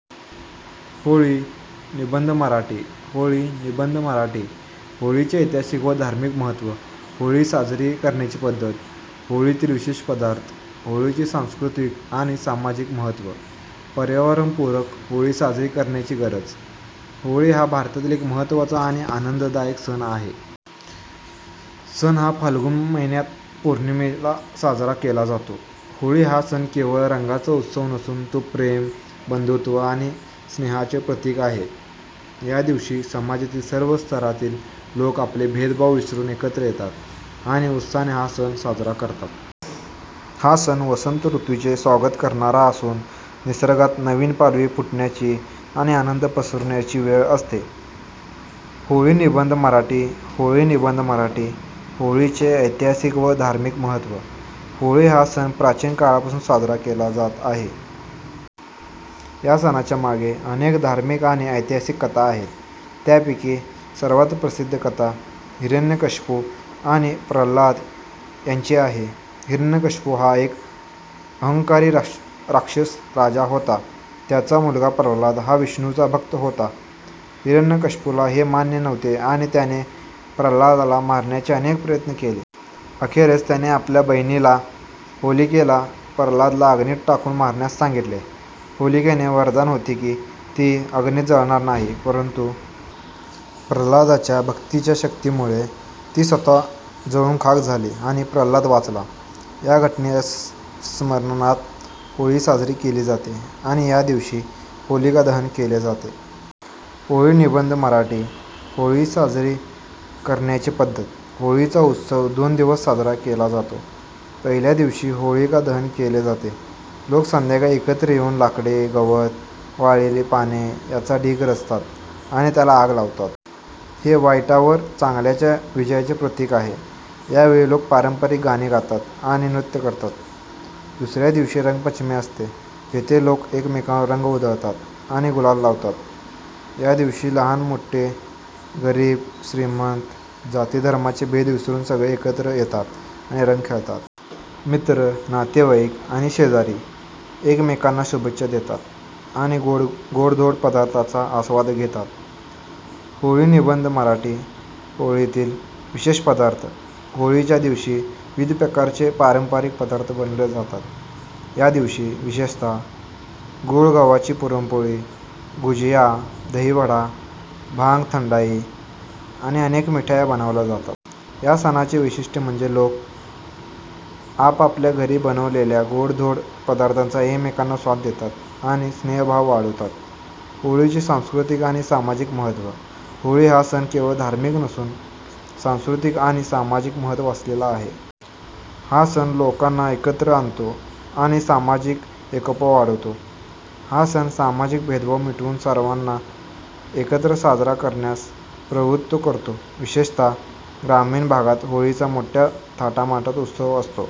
होळी निबंध मराठी होळी निबंध मराठी होळीचे ऐतिहासिक व धार्मिक महत्त्व, होळी साजरी करण्याची पद्धत, होळीतील विशेष पदार्थ, होळीचे सांस्कृतिक आणि सामाजिक महत्त्व, पर्यावरणपूरक होळी साजरी करण्याची गरज. होळी हा भारतातील एक महत्त्वाचा आणि आनंददायक सण आहे. हा सण फाल्गुन महिन्यात पौर्णिमेला साजरा केला जातो. होळी हा सण केवळ रंगांचा उत्सव नसून तो प्रेम, बंधुत्व आणि स्नेहाचे प्रतीक आहे. या दिवशी समाजातील सर्व स्तरातील लोक आपले भेदभाव विसरून एकत्र येतात आणि उत्साहाने हा सण साजरा करतात. हा सण वसंत ऋतूचे स्वागत करणारा असून निसर्गात नवीन पालवी फुटण्याची आणि आनंद पसरवण्याची वेळ असते. होळी निबंध मराठी होळी निबंध मराठी होळीचे ऐतिहासिक व धार्मिक महत्त्व. होळी हा सण प्राचीन काळापासून साजरा केला जात आहे. या सणाच्या मागे अनेक धार्मिक आणि ऐतिहासिक कथा आहेत. त्यापैकी सर्वात प्रसिद्ध कथा हिरण्यकश्यपू आणि प्रल्हाद यांची आहे. हिरण्यकश्यपू हा एक अहंकारी राक्षस राजा होता. त्याचा मुलगा प्रल्हाद हा विष्णूचा भक्त होता. हिरण्यकश्यपूला हे मान्य नव्हते आणि त्याने प्रल्हादाला मारण्याचे अनेक प्रयत्न केले. अखेरीस त्याने आपल्या बहिणीला, होलिकेला, प्रल्हादाला अग्नीत टाकून मारण्यास सांगितले. होलिकेला वरदान होते की ती अग्नीत जळणार नाही, परंतु प्रल्हादाच्या भक्तीच्या शक्तीमुळे ती स्वतः जळून खाक झाली आणि प्रल्हाद वाचला. या घटनेच्या स्मरणार्थ होळी साजरी केली जाते आणि या दिवशी होलिका दहन केले जाते. होळी निबंध मराठी होळी साजरी करण्याची पद्धत. होळीचा उत्सव दोन दिवस साजरा केला जातो. पहिल्या दिवशी होलिका दहन केले जाते. लोक संध्याकाळी एकत्र येऊन लाकडे, गवत, वाळलेली पाने यांचा ढीग रचतात आणि त्याला आग लावतात. हे वाईटावर चांगल्याच्या विजयाचे प्रतीक आहे. या वेळी लोक पारंपरिक गाणी गातात आणि नृत्य करतात. दुसऱ्या दिवशी रंगपंचमी असते, जिथे लोक एकमेकांवर रंग उधळतात आणि गुलाल लावतात. या दिवशी लहान मोठे, गरीब श्रीमंत, जाती धर्माचे भेद विसरून सगळे एकत्र येतात आणि रंग खेळतात. मित्र, नातेवाईक आणि शेजारी एकमेकांना शुभेच्छा देतात आणि गोडधोड पदार्थांचा आस्वाद घेतात. होळी निबंध मराठी होळीतील विशेष पदार्थ. होळीच्या दिवशी विविध प्रकारचे पारंपरिक पदार्थ बनवले जातात. या दिवशी विशेषतः गूळ गव्हाची पुरणपोळी, गुझिया, दहीवडा, भांग ठंडाई आणि अनेक मिठाया बनवल्या जातात. या सणाचे वैशिष्ट्य म्हणजे लोक आपापल्या घरी बनवलेल्या गोडधोड पदार्थांचा एकमेकांना स्वाद देतात आणि स्नेहभाव वाढवतात. होळीचे सांस्कृतिक आणि सामाजिक महत्त्व. होळी हा सण केवळ धार्मिक नसून सांस्कृतिक आणि सामाजिक महत्त्व असलेला आहे. हा सण लोकांना एकत्र आणतो आणि सामाजिक एकोपा वाढवतो. हा सण सामाजिक भेदभाव मिटवून सर्वांना एकत्र साजरा करण्यास प्रवृत्त करतो. विशेषतः ग्रामीण भागात होळीचा मोठ्या थाटामाटात उत्सव असतो.